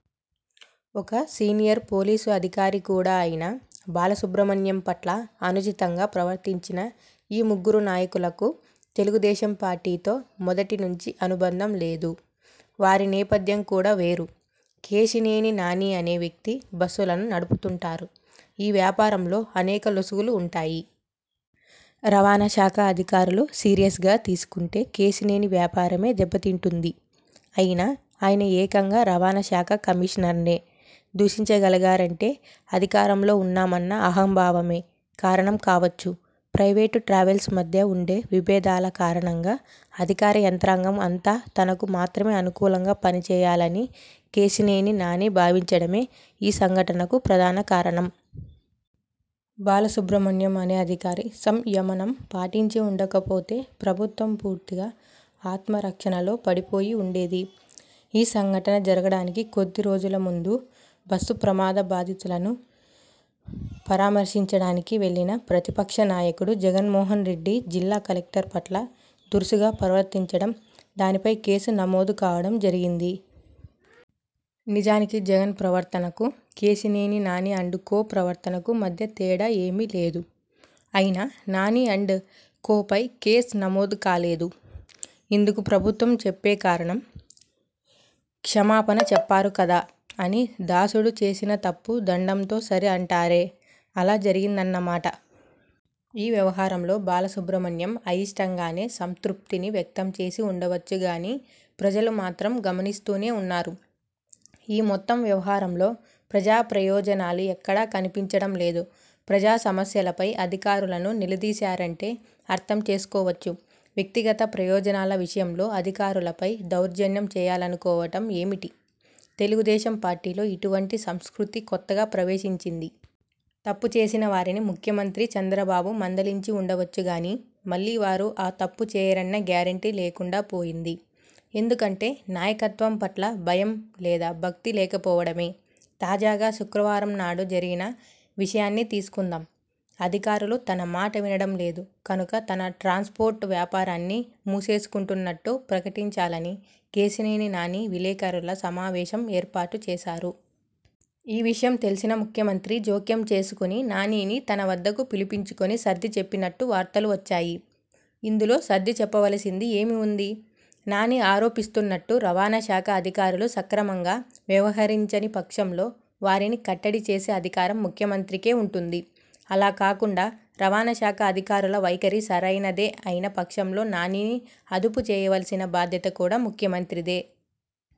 ఒక senior police అధికారి కూడా అయిన బాలసుబ్రహ్మణ్యం పట్ల అనుచితంగా ప్రవర్తించిన ఈ ముగ్గురు నాయకులకు తెలుగుదేశం పార్టీతో మొదటి నుంచి అనుబంధం లేదు. వారి నేపథ్యం కూడా వేరు! కేశినేని నాని అనే వ్యక్తి బస్సులను నడుపుతుంటారు. ఈ వ్యాపారంలో అనేక లొసుగులు ఉంటాయి. రవాణా శాఖ అధికారులు సీరియస్గా తీసుకుంటే కేశినేని వ్యాపారమే దెబ్బతింటుంది. అయినా, ఆయన ఏకంగా రవాణాశాఖ కమిషనర్నే దూషించగలిగారంటే, అధికారంలో ఉన్నామన్న అహంభావమే కారణం కావచ్చు. ప్రైవేటు ట్రావెల్స్ మధ్య ఉండే విభేదాల కారణంగా అధికార యంత్రాంగం అంతా తనకు మాత్రమే అనుకూలంగా పనిచేయాలని కేశినేని నాని భావించడమే ఆ సంఘటనకు ప్రధాన కారణం. బాలసుబ్రహ్మణ్యం అనే అధికారి సంయమనం పాటించి ఉండకపోతే ప్రభుత్వం పూర్తిగా ఆత్మరక్షణలో పడిపోయి ఉండేది. ఈ సంఘటన జరగడానికి కొద్దిరోజుల ముందు బస్సు ప్రమాద బాధితులను పరామర్శించడానికి వెళ్లిన ప్రతిపక్ష నాయకుడు జగన్మోహన్ రెడ్డి జిల్లా కలెక్టర్ పట్ల దురుసుగా ప్రవర్తించడం, దానిపై కేసు నమోదు కావడం జరిగింది. నిజానికి జగన్ ప్రవర్తనకు, కేశినేని నాని అండ్ కో ప్రవర్తనకు మధ్య తేడా ఏమీ లేదు. అయినా నాని అండ్ కోపై కేసు నమోదు కాలేదు. ఇందుకు ప్రభుత్వం చెప్పే కారణం 'క్షమాపణ చెప్పారు కదా! ' అని! దాసుడు చేసిన తప్పు దండంతో సరి అంటారే, అలా జరిగిందన్నమాట! ఈ వ్యవహారంలో బాలసుబ్రహ్మణ్యం అయిష్టంగానే సంతృప్తిని వ్యక్తంచేసి ఉండవచ్చుగానీ ప్రజలు మాత్రం గమనిస్తూనే ఉన్నారు. ఈ మొత్తం వ్యవహారంలో ప్రజాప్రయోజనాలు ఎక్కడా కనిపించడం లేదు. ప్రజాసమస్యలపై అధికారులను నిలదీశారంటే అర్థంచేసుకోవచ్చు. వ్యక్తిగత ప్రయోజనాల విషయంలో అధికారులపై దౌర్జన్యం చేయాలనుకోవడం ఏమిటి? తెలుగుదేశం పార్టీలో ఇటువంటి సంస్కృతి కొత్తగా ప్రవేశించింది. తప్పు చేసిన వారిని ముఖ్యమంత్రి చంద్రబాబు మందలించి ఉండవచ్చుగానీ మళ్లీ వారు ఆ తప్పు చేయరన్న గ్యారంటీ లేకుండా పోయింది. ఎందుకంటే నాయకత్వం పట్ల భయం లేదా భక్తి లేకపోవడమే! తాజాగా శుక్రవారం నాడు జరిగిన విషయాన్నే తీసుకుందాం. అధికారులు తన మాట వినడం లేదు కనుక తన ట్రాన్స్పోర్ట్ వ్యాపారాన్ని మూసేసుకుంటున్నట్టు ప్రకటించాలని కేశినేని నాని విలేకరుల సమావేశం ఏర్పాటు చేశారు. ఈ విషయం తెలిసిన ముఖ్యమంత్రి జోక్యం చేసుకుని నానిని తన వద్దకు పిలిపించుకుని సర్దిచెప్పినట్టు వార్తలు వచ్చాయి. ఇందులో సర్దిచెప్పవలసింది ఏమి ఉంది? నాని ఆరోపిస్తున్నట్టు రవాణా శాఖ అధికారులు సక్రమంగా వ్యవహరించని పక్షంలో వారిని కట్టడిచేసే అధికారం ముఖ్యమంత్రికే ఉంటుంది. అలా కాకుండా రవాణా శాఖ అధికారుల వైఖరి సరైనదే అయిన పక్షంలో నానిని అదుపు చేయవలసిన బాధ్యత కూడా ముఖ్యమంత్రిదే!